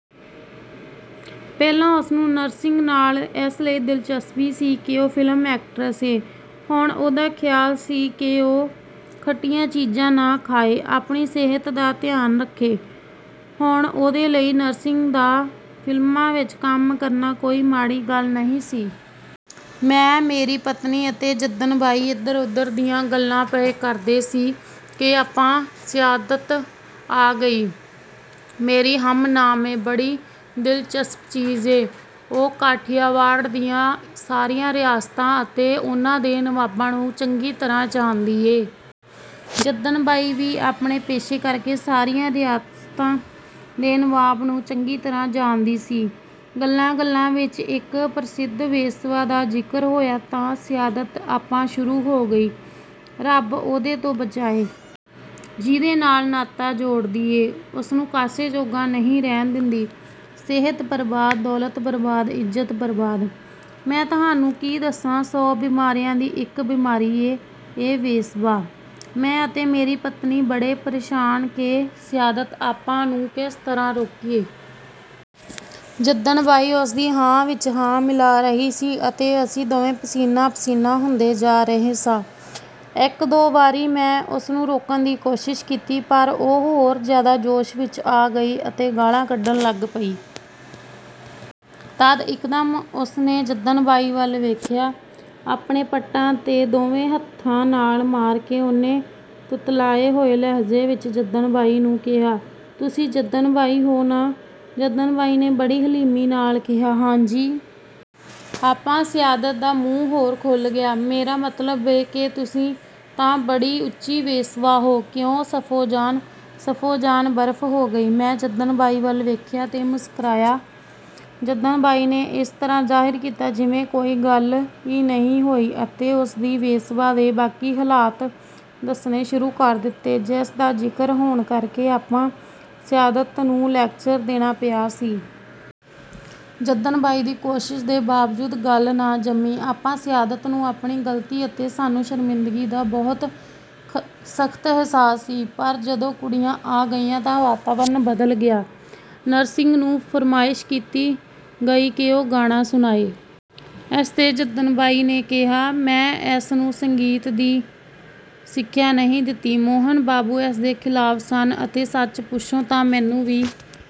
ਪਹਿਲਾਂ ਉਸ ਨੂੰ ਨਰਸਿੰਗ ਨਾਲ ਇਸ ਲਈ ਦਿਲਚਸਪੀ ਸੀ ਕਿ ਉਹ ਫਿਲਮ ਐਕਟਰਸ ਏ। ਹੁਣ ਉਹਦਾ ਖ਼ਿਆਲ ਸੀ ਕਿ ਉਹ ਖੱਟੀਆਂ ਚੀਜ਼ਾਂ ਨਾ ਖਾਏ। ਆਪਣੀ ਸਿਹਤ ਦਾ ਧਿਆਨ ਰੱਖੇ। ਹੁਣ ਉਹਦੇ ਲਈ ਨਰਸਿੰਗ ਦਾ ਫਿਲਮਾਂ ਵਿੱਚ ਕੰਮ ਕਰਨਾ ਕੋਈ ਮਾੜੀ ਗੱਲ ਨਹੀਂ ਸੀ। ਮੈਂ, ਮੇਰੀ ਪਤਨੀ ਅਤੇ ਜੱਦਨ ਬਾਈ ਇਧਰ ਉਧਰ ਦੀਆਂ ਗੱਲਾਂ ਪਏ ਕਰਦੇ ਸੀ ਕਿ ਆਪਾ ਸਆਦਤ ਆ ਗਈ। ਮੇਰੀ ਹਮ-ਨਾਮ ਏ, ਬੜੀ ਦਿਲਚਸਪ ਚੀਜ਼ ਏ। ਉਹ ਕਾਠੀਆਵਾੜ ਦੀਆਂ ਸਾਰੀਆਂ ਰਿਆਸਤਾਂ ਅਤੇ ਉਨ੍ਹਾਂ ਦੇ ਨਵਾਬਾਂ ਨੂੰ ਚੰਗੀ ਤਰ੍ਹਾਂ ਜਾਣਦੀ ਏ। ਜੱਦਨ ਬਾਈ ਵੀ ਆਪਣੇ ਪੇਸ਼ੇ ਕਰਕੇ ਸਾਰੀਆਂ ਰਿਆਸਤਾਂ ਦੇ ਨਵਾਬਾਂ ਨੂੰ ਚੰਗੀ ਤਰ੍ਹਾਂ ਜਾਣਦੀ ਸੀ। ਗੱਲਾਂ ਗੱਲਾਂ ਵਿੱਚ ਇਕ ਪ੍ਰਸਿੱਧ ਵੇਸਵਾ ਦਾ ਜ਼ਿਕਰ ਹੋਇਆ ਤਾਂ ਸਆਦਤ ਆਪਾ ਸ਼ੁਰੂ ਹੋ ਗਈ, "ਰੱਬ ਉਹਦੇ ਤੋਂ ਬਚਾਏ। ਜਿਹਦੇ ਨਾਲ ਨਾਤਾ ਜੋੜਦੀ ਏ, ਉਹਨੂੰ ਕਾਸੇ ਜੋਗਾ ਨਹੀਂ ਰਹਿਣ ਦਿੰਦੀ। ਸਿਹਤ ਬਰਬਾਦ, ਦੌਲਤ ਬਰਬਾਦ, ਇੱਜ਼ਤ ਬਰਬਾਦ। ਮੈਂ ਤੁਹਾਨੂੰ ਕੀ ਦੱਸਾਂ? ਸੌ ਬਿਮਾਰੀਆਂ ਦੀ ਇਕ ਬਿਮਾਰੀ ਏ, ਇਹ ਵੇਸਵਾ।" ਮੈਂ ਅਤੇ ਮੇਰੀ ਪਤਨੀ ਬੜੇ ਪ੍ਰੇਸ਼ਾਨ ਕਿ ਸਆਦਤ ਆਪਾ ਨੂੰ ਕਿਸ ਤਰ੍ਹਾਂ ਰੋਕੀਏ। ਜੱਦਨ ਬਾਈ ਉਸ ਦੀ ਹਾਂ ਵਿੱਚ ਹਾਂ ਮਿਲਾ ਰਹੀ ਸੀ ਅਤੇ ਅਸੀਂ ਦੋਵੇਂ ਪਸੀਨਾ ਪਸੀਨਾ ਹੁੰਦੇ ਜਾ ਰਹੇ ਸਾਂ। ਇਕ ਦੋ ਵਾਰੀ ਮੈਂ ਉਸ ਨੂੰ ਰੋਕਣ ਦੀ ਕੋਸ਼ਿਸ਼ ਕੀਤੀ, ਪਰ ਉਹ ਹੋਰ ਜ਼ਿਆਦਾ ਜੋਸ਼ ਵਿੱਚ ਆ ਗਈ ਅਤੇ ਗਾਲ੍ਹਾਂ ਕੱਢਣ ਲੱਗ ਪਈ। ਤਦ ਇਕਦਮ ਉਸ ਨੇ ਜੱਦਨ ਬਾਈ ਵੱਲ ਵੇਖਿਆ। ਆਪਣੇ ਪੱਟਾਂ ਤੇ ਦੋਵੇਂ ਹਥਾਂ ਨਾਲ ਮਾਰ ਕੇ ਉਹਨੇ ਤੁਤਲਾਏ ਹੋਏ ਲਹਿਜ਼ੇ ਵਿੱਚ ਜੱਦਨ ਬਾਈ ਨੂੰ ਕਿਹਾ, "ਤੁਸੀਂ ਜੱਦਨ ਬਾਈ ਹੋ ਨਾ?" ਜੱਦਨ ਬਾਈ ਨੇ ਬੜੀ ਹਲੀਮੀ ਨਾਲ ਕਿਹਾ, "ਹਾਂ ਜੀ।" ਆਪਾ ਸਆਦਤ ਦਾ ਮੂੰਹ ਹੋਰ ਖੁੱਲ੍ਹ ਗਿਆ, "ਮੇਰਾ ਮਤਲਬ ਏ ਕਿ ਤੁਸੀਂ ਤਾਂ ਬੜੀ ਉੱਚੀ ਵੇਸਵਾ ਹੋ। ਕਿਉਂ ਸਫ਼ੋ ਜਾਨ?" ਸਫੋ ਜਾਨ ਬਰਫ਼ ਹੋ ਗਈ। ਮੈਂ ਜੱਦਨ ਬਾਈ ਵੱਲ ਵੇਖਿਆ ਤੇ ਮੁਸਕ੍ਰਾਇਆ। ਜੱਦਨ ਬਾਈ ਨੇ ਇਸ ਤਰ੍ਹਾਂ ਜ਼ਾਹਿਰ ਕੀਤਾ ਜਿਵੇਂ ਕੋਈ ਗੱਲ ਈ ਨਹੀਂ ਹੋਈ ਅਤੇ ਉਸ ਦੀ ਵੇਸਵਾ ਦੇ ਬਾਕੀ ਹਾਲਾਤ ਦੱਸਣੇ ਸ਼ੁਰੂ ਕਰ ਦਿੱਤੇ, ਜਿਸ ਦਾ ਜ਼ਿਕਰ ਹੋਣ ਕਰਕੇ ਆਪਾ ਸਆਦਤ ਨੂੰ ਲੈਕਚਰ ਦੇਣਾ ਪਿਆ ਸੀ। ਜੱਦਨ ਬਾਈ ਦੀ ਕੋਸ਼ਿਸ਼ ਦੇ ਬਾਵਜੂਦ ਗੱਲ ਜੰਮੀ ਨਾ। ਆਪਾ ਸਆਦਤ ਨੂੰ ਆਪਣੀ ਗਲਤੀ ਅਤੇ ਸਾਨੂੰ ਸ਼ਰਮਿੰਦਗੀ ਦਾ ਬਹੁਤ ਸਖ਼ਤ ਅਹਿਸਾਸ ਸੀ, ਪਰ ਜਦੋਂ ਕੁੜੀਆਂ ਆ ਗਈਆਂ ਤਾਂ ਵਾਤਾਵਰਣ ਬਦਲ ਗਿਆ। ਨਰਸਿੰਗ ਨੂੰ ਫਰਮਾਇਸ਼ ਕੀਤੀ ਗਈ ਕਿ ਉਹ ਗਾਣਾ ਸੁਣਾਏ। ਇਸ ਤੇ ਜੱਦਨ ਬਾਈ ਨੇ ਕਿਹਾ, ਮੈਂ ਇਸ ਨੂੰ ਸੰਗੀਤ ਦੀ ਸਿੱਖਿਆ ਨਹੀਂ ਦਿੱਤੀ। ਮੋਹਨ ਬਾਬੂ ਇਸ ਦੇ ਖਿਲਾਫ ਸਨ ਅਤੇ ਸੱਚ ਪੁੱਛੋ ਤਾਂ ਮੈਨੂੰ ਵੀ